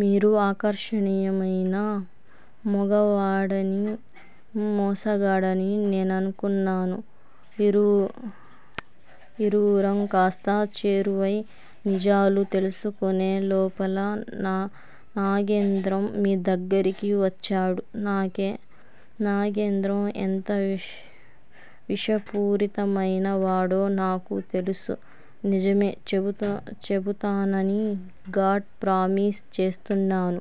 మీరు ఆకర్షణీయమైన మొగవాడని, మోసగాడని నేననుకున్నాను. ఇరువురం కాస్త చేరువై నిజాలు తెలుసుకునేలోపల నాగేంద్రం మీదగ్గరికి వచ్చాడు. నాగేంద్రం ఎంత విషపూరితమైనవాడో నాకు తెలుసు. నిజమే చెబుతానని గాడ్ ప్రామిస్ చేస్తున్నాను.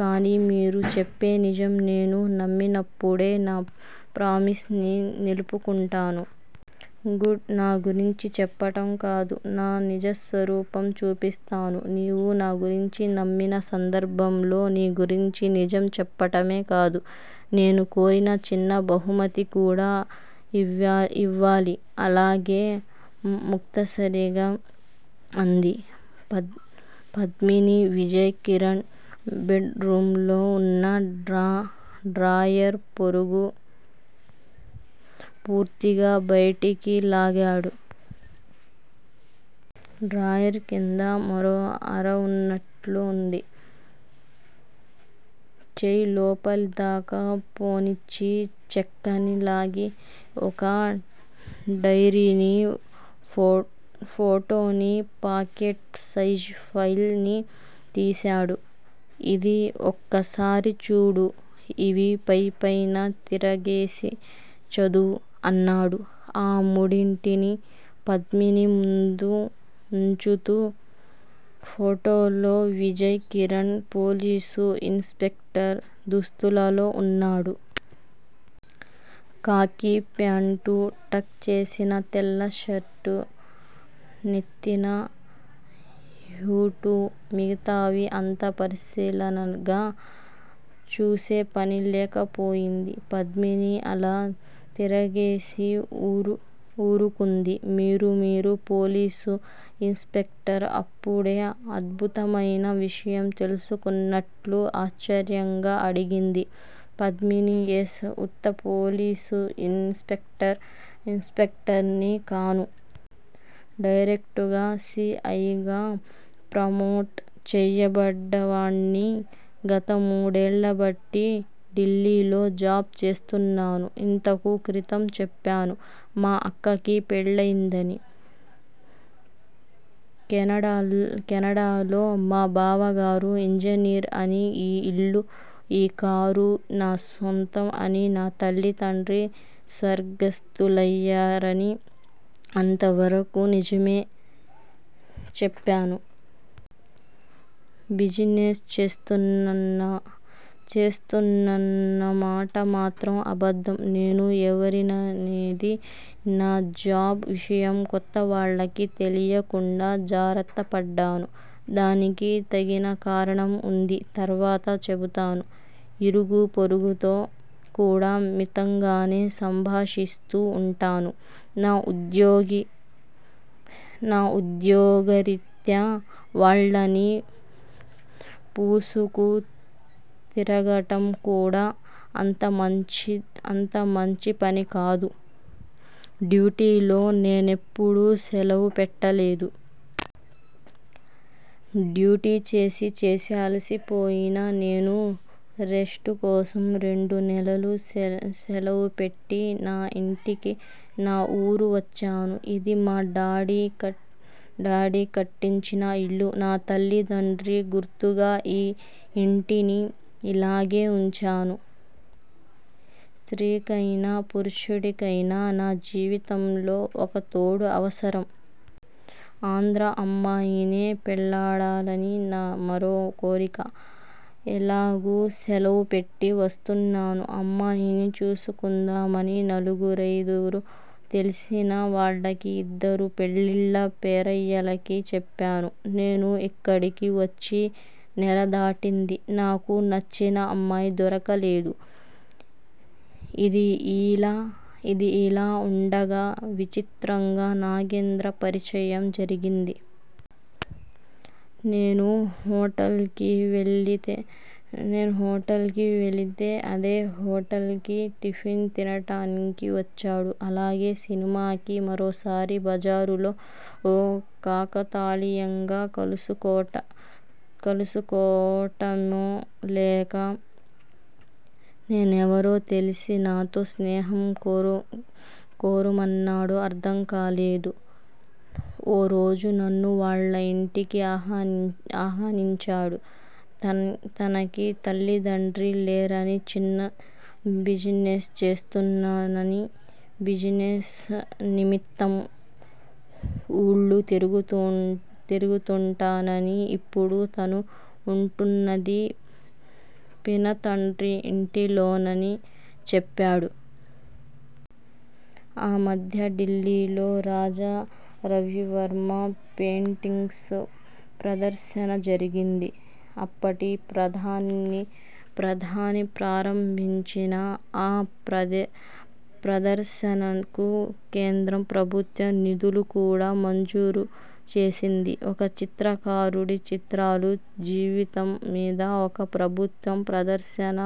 కాని మీరు చెప్పే నిజం నేను నమ్మినప్పుడే నా ప్రామిస్ ని నిలుపుకుంటాను. గుడ్. నా గురించి చెప్పటం కాదు. నా నిజస్వరూపం చూపిస్తాను. నీవు నా గురించి నమ్మిన సందర్భంలో నీ గురించి నిజం చెప్పటమే కాదు. నేను కోరిన చిన్న బహుమతి కూడా యివ్వాలి. అలాగే ముక్తసరిగ అంది పద్మిని. విజయ్ కిరణ్ బెడ్ రూములో వున్న డ్రాయర్ పొరుగు పూర్తిగా బయటికి లాగాడు. డ్రాయర్ క్రింద మరో అర వున్నట్లుంది. చేయి లోపలిదాక పోనిచ్చి చెక్కని లాగి ఒక డైరీని ఫోటోని పాకెట్ సైజు ఫైల్ ని తీశాడు. ఇది ఒక్కసారి చూడు. ఇవి పైపైన తిరగేసి చదువు. అన్నాడు ఆ మూడింటిని పద్మిని ముందు వుంచుతూ. ఫోటోలో Vijay Kiran police inspector దుస్తులలో వున్నాడు. కాకీ ప్యాంటు టక్ చేసిన తెల్ల షర్టు నెత్తిన హ్యాటు మిగతావి అంత పరిశీలనగా చూసేపని లేకపోయింది పద్మిని. అలా తిరగేసి వూరుకుంది. మీరు మీరు పోలీసు ఇన్ స్పెక్టర్ అప్పుడే అద్భుతమైన విషయం తెలుసుకున్నట్లు ఆశ్చర్యంగా అడిగింది పద్మిని. ఎస్ ఉత్త పోలీసు ఇన్ స్పెక్టర్ ని కాను. డైరెక్టుగ సి. ఐ. గా ప్రమోట్ చేయబడ్డవాణ్ని. గతమూడేళ్ళబట్టి ఢిల్లీలో జాబ్ చేస్తున్నాను. ఇంతకు క్రితం చెప్పాను. మా అక్కకి పెళ్ళయిందని కెనడాలో మా బావగారు ఇంజనీర్ అని ఈ యిల్లు ఈ కారు నా సొంతం అని నా తల్లి తండ్రి స్వర్గస్తులయారని అంతవరకు నిజమే చెప్పాను. బిజినెస్ చేస్తున్నానన్నమాట మాత్రం అబద్ధం నేను ఎవరిననేది నా జాబ్ విషయం కొత్తవాళ్ళకి తెలియకుండా జాగ్రత్తపడ్డాను. దానికి తగిన కారణం వుంది తర్వాత చెబుతాను. ఇరుగు పొరుగుతో కూడా మితంగానే సంభాషిస్తూ వుంటాను. నా ఉద్యోగరీత్యా వాళ్ళనీ పూసుకు తిరగటం కూడా అంతమంచి పనికాదు. డ్యూటీలో నేనెప్పుడూ సెలవు పెట్టలేదు. డ్యూటీ చేసి చేసి అలసిపోయిన నేను రెస్టు కోసం రెండు నెలలు సెలవు పెట్టి నా యింటికి నా వూరు వచ్చాను. ఇది మా డాడీ కట్టించిన ఇల్లు. నా తల్లీ తండ్రి గుర్తుగా ఈ యింటిని ఇలాగే వుంచాను. స్త్రీకైనా పురుషుడికైనా నా జీవితంలో ఒకతోడు అవసరం. ఆంధ్రా అమ్మాయినే పెళ్ళాడాలని నా మరో కోరిక. ఎలాగూ శలవు పెట్టి వస్తున్నాను. అమ్మాయిని చూసుకుందామని నలుగురైదుగురు తెలిసిన వాళ్ళకి ఇద్దరు పెళ్ళిళ్ళ పేరయ్యలకి చెప్పాను. నేను ఇక్కడికి వచ్చి నెలదాటింది. నాకు నచ్చిన అమ్మాయి దొరకలేదు. ఇది యిలా వుండగా విచిత్రంగా నాగేంద్రం పరిచయం జరిగింది. నేను హోటల్ కి వెళితే అదే హోటల్ కి టిఫిన్ తినటానికి వచ్చాడు. అలాగే సినిమాకి. మరోసారి బజారులో కాకతాళీయంగా కలుసుకోటమో లేక నేనెవరో తెలిసి నాతో స్నేహం కోరుమన్నాడో అర్ధం కాలేదు. ఓరోజు నన్ను వాళ్ళ యింటికి ఆహ్వానించాడు. తనకి తల్లిదండ్రి లేరని చిన్న బిజినెస్ చేస్తున్నానని బిజినెస్ నిమిత్తం వూళ్ళు తిరుగుతుంటానని ఇప్పుడు తను వుంటున్నది పినతండ్రి ఇంటిలోనని చెప్పాడు. ఆ మధ్య ఢిల్లీలో రాజా రవివర్మ పెయింటింగ్స్ ప్రదర్శన జరిగింది. అప్పటి ప్రధాని ప్రారంభించిన ఆ ప్రదర్శనకు కేంద్ర ప్రభుత్వం నిధులు కూడా మంజూరు చేసింది. ఒక చిత్రకారుడి చిత్రాలు జీవితం మీద ఒక ప్రభుత్వం ప్రదర్శన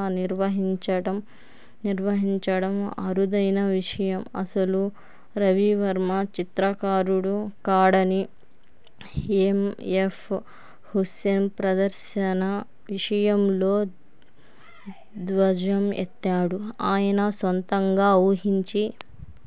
నిర్వహించడం అరుదైన విషయం. అసలు రవివర్మ చిత్రకారుడు కాడని ఎమ్. ఎఫ్. హుస్సేన్ ప్రదర్శన విషయంలో ధ్వజం ఎత్తాడు. ఆయన సొంతంగా ఊహించి